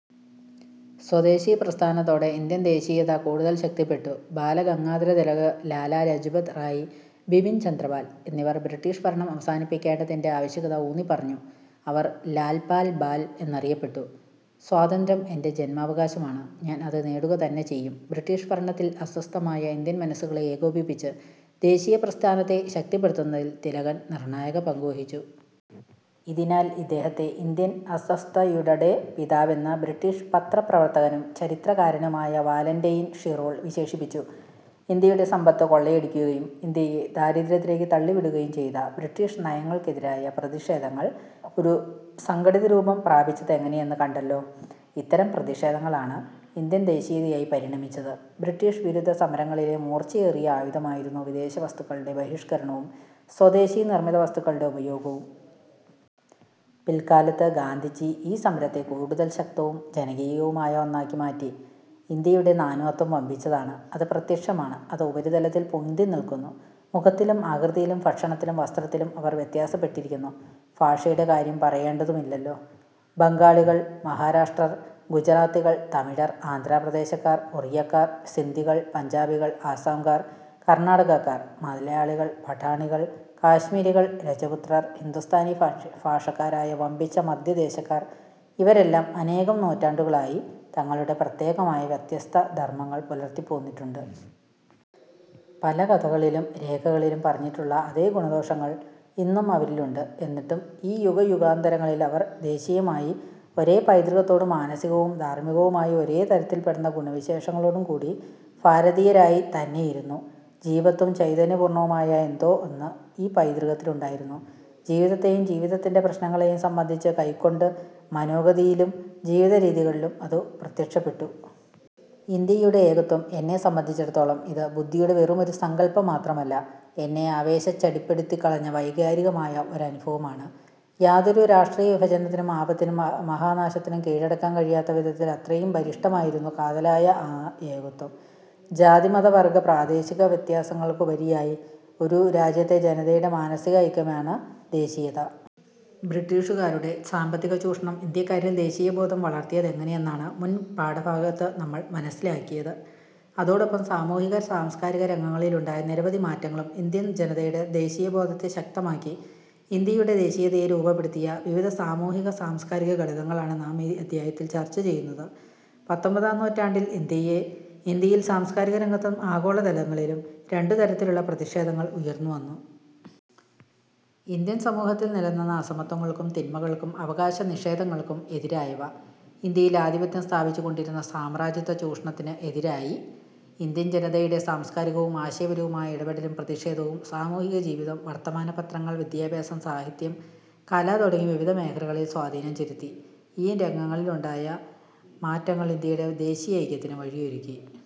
സ്വദേശി പ്രസ്ഥാനത്തോടെ ഇന്ത്യൻ ദേശീയത കൂടുതൽ ശക്തിപ്പെട്ടു. ബാല ഗംഗാധര തിലക്, ലാലാ ലജ്പത് റായ്, ബിപിൻ ചന്ദ്രപാൽ എന്നിവർ ബ്രിട്ടീഷ് ഭരണം അവസാനിപ്പിക്കേണ്ടതിന്റെ ആവശ്യകത ഊന്നിപ്പറഞ്ഞു. അവർ ലാൽ -പാൽ-ബാൽ എന്നറിയപ്പെട്ടു. "സ്വാതന്ത്ര്യം എന്റെ ജൻമാവകാശമാണ്. ഞാൻ അത് നേടുകതന്നെ ചെയ്യും. ബ്രിട്ടീഷ് ഭരണത്തിൽ അസ്വസ്ഥമായ ഇന്ത്യൻ മനസുകളെ ഏകോപിപ്പിച്ച് ദേശീയ പ്രസ്ഥാനത്തെ ശക്തിപ്പെടുത്തുന്നതിൽ തിലകൻ നിർണായക പങ്കു വഹിച്ചു. ഇതിനാൽ ഇദ്ദേഹത്തെ ഇന്ത്യൻ അസ്വസ്ഥതയുടടെ പിതാവെന്ന് ബ്രിട്ടീഷ് പത്രപ്രവർത്തകനും ചരിത്രകാരനുമായ വാലന്റയിൻ ഷിറോൾ വിശേഷിപ്പിച്ചു. ഇന്ത്യയുടെ സമ്പത്ത് കൊള്ളയടിക്കുകയും ഇന്ത്യയെ ദാരിദ്ര്യത്തിലേക്ക് തള്ളിവിടുകയും ചെയ്ത ബ്രിട്ടീഷ് നയങ്ങൾക്കെതിരായ പ്രതിഷേധങ്ങൾ ഒരു സംഘടിതരൂപം പ്രാപിച്ചതെങ്ങനെയെന്ന് കണ്ടല്ലോ. ഇത്തരം പ്രതിഷേധങ്ങളാണ് ഇന്ത്യൻ ദേശീയതയായി പരിണമിച്ചത്. ബ്രിട്ടീഷ് വിരുദ്ധ സമരങ്ങളിലെ മൂർച്ചയേറിയ ആയുധമായിരുന്നു വിദേശവസ്തുക്കളുടെ ബഹിഷ്കരണവും സ്വദേശി നിർമിത വസ്തുക്കളുടെ ഉപയോഗവും. പിൽക്കാലത്ത് ഗാന്ധിജി ഈ സമരത്തെ കൂടുതൽ ശക്തവും ജനകീയവുമായ ഒന്നാക്കി മാറ്റി. ഇന്ത്യയുടെ നാനാത്വം വമ്പിച്ചതാണ്. അത് പ്രത്യക്ഷമാണ്. അത് ഉപരിതലത്തിൽ പൊന്തിനിൽക്കുന്നു. മുഖത്തിലും ആകൃതിയിലും ഭക്ഷണത്തിലും വസ്ത്രത്തിലും അവർ വ്യത്യാസപ്പെട്ടിരിക്കുന്നു. ഭാഷയുടെ കാര്യം പറയേണ്ടതുമില്ലല്ലോ. ബംഗാളികൾ, മഹാരാഷ്ട്രർ, ഗുജറാത്തികൾ, തമിഴർ, ആന്ധ്രാപ്രദേശക്കാർ, ഒറിയക്കാർ, സിന്ധികൾ, പഞ്ചാബികൾ, ആസ്സാംകാർ, കർണാടകക്കാർ, മലയാളികൾ, പഠാണികൾ, കാശ്മീരികൾ, രജപുത്രർ, ഹിന്ദുസ്ഥാനി ഭാഷക്കാരായ വമ്പിച്ച മധ്യദേശക്കാർ ഇവരെല്ലാം അനേകം നൂറ്റാണ്ടുകളായി തങ്ങളുടെ പ്രത്യേകമായ വ്യത്യസ്ത ധർമങ്ങൾ പുലർത്തിപ്പോന്നിട്ടുണ്ട്. പല കഥകളിലും രേഖകളിലും പറഞ്ഞിട്ടുള്ള അതേ ഗുണദോഷങ്ങൾ ഇന്നും അവരിലുണ്ട്. എന്നിട്ടും ഈ യുഗയുഗാന്തരങ്ങളിൽ അവർ ദേശീയമായി ഒരേ പൈതൃകത്തോടും മാനസികവും ധാർമികവുമായി ഒരേ തരത്തിൽപ്പെടുന്ന ഗുണവിശേഷങ്ങളോടുംകൂടി ഭാരതീയരായി തന്നെയിരുന്നു. ജീവത്തും ചൈതന്യപൂർണവുമായ എന്തോ ഒന്ന് ഈ പൈതൃകത്തിലുണ്ടായിരുന്നു. ജീവിതത്തെയും ജീവിതത്തിന്റെ പ്രശ്നങ്ങളെയും സംബന്ധിച്ച് കൈക്കൊണ്ട് മനോഗതിയിലും ജീവിതരീതികളിലും അതു പ്രത്യക്ഷപ്പെട്ടു. ഇന്ത്യയുടെ ഏകത്വം എന്നെ സംബന്ധിച്ചിടത്തോളം ഇത് ബുദ്ധിയുടെ വെറുമൊരു സങ്കൽപ്പം മാത്രമല്ല; എന്നെ ആവേശിച്ചടിപ്പെടുത്തിക്കളഞ്ഞ വൈകാരികമായ ഒരനുഭവമാണ്. യാതൊരു രാഷ്ട്രീയവിഭജനത്തിനും ആപത്തിനും മഹാനാശത്തിനും കീഴടക്കാൻ കഴിയാത്ത വിധത്തിൽ അത്രയും ബലിഷ്ഠമായിരുന്നു കാതലായ ആ ഏകത്വം. ജാതി-മത-വർഗ-പ്രാദേശിക വ്യത്യാസങ്ങൾക്കുപരിയായി ഒരു രാജ്യത്തെ ജനതയുടെ മാനസിക ഐക്യമാണ് ദേശീയത. ബ്രിട്ടീഷുകാരുടെ സാമ്പത്തികചൂഷണം ഇന്ത്യക്കാരിൽ ദേശീയബോധം വളർത്തിയതെങ്ങനെയെന്നാണ് മുൻപാഠഭാഗത്ത് നമ്മൾ മനസ്സിലാക്കിയത്. അതോടൊപ്പം സാമൂഹിക-സാംസ്കാരിക രംഗങ്ങളിലുണ്ടായ നിരവധി മാറ്റങ്ങളും ഇന്ത്യൻ ജനതയുടെ ദേശീയബോധത്തെ ശക്തമാക്കി. ഇന്ത്യയുടെ ദേശീയതയെ രൂപപ്പെടുത്തിയ വിവിധ സാമൂഹിക-സാംസ്കാരിക ഘടകങ്ങളാണ് നാം ഈ അധ്യായത്തിൽ ചർച്ചചെയ്യുന്നത്. പത്തൊമ്പതാം നൂറ്റാണ്ടിൽ ഇന്ത്യയിൽ സാംസ്കാരിക രംഗത്തും ആശയ തലങ്ങളിലും രണ്ടു തരത്തിലുള്ള പ്രതിഷേധങ്ങൾ ഉയർന്നുവന്നു. ഇന്ത്യൻ സമൂഹത്തിൽ നിലനിന്ന അസമത്വങ്ങൾക്കും തിന്മകൾക്കും അവകാശനിഷേധങ്ങൾക്കും എതിരായവ. ഇന്ത്യയിൽ ആധിപത്യം സ്ഥാപിച്ചുകൊണ്ടിരുന്ന സാമ്രാജ്യത്വ ചൂഷണത്തിന് എതിരായി. ഇന്ത്യൻ ജനതയുടെ സാംസ്കാരികവും ആശയപരവുമായ ഇടപെടലും പ്രതിഷേധവും സാമൂഹികജീവിതം, വർത്തമാനപത്രങ്ങൾ, വിദ്യാഭ്യാസം, സാഹിത്യം, കല തുടങ്ങി വിവിധ മേഖലകളിൽ സ്വാധീനം ചെലുത്തി. ഈ രംഗങ്ങളിലുണ്ടായ മാറ്റങ്ങൾ ഇന്ത്യയുടെ ദേശീയൈക്യത്തിന് വഴിയൊരുക്കി.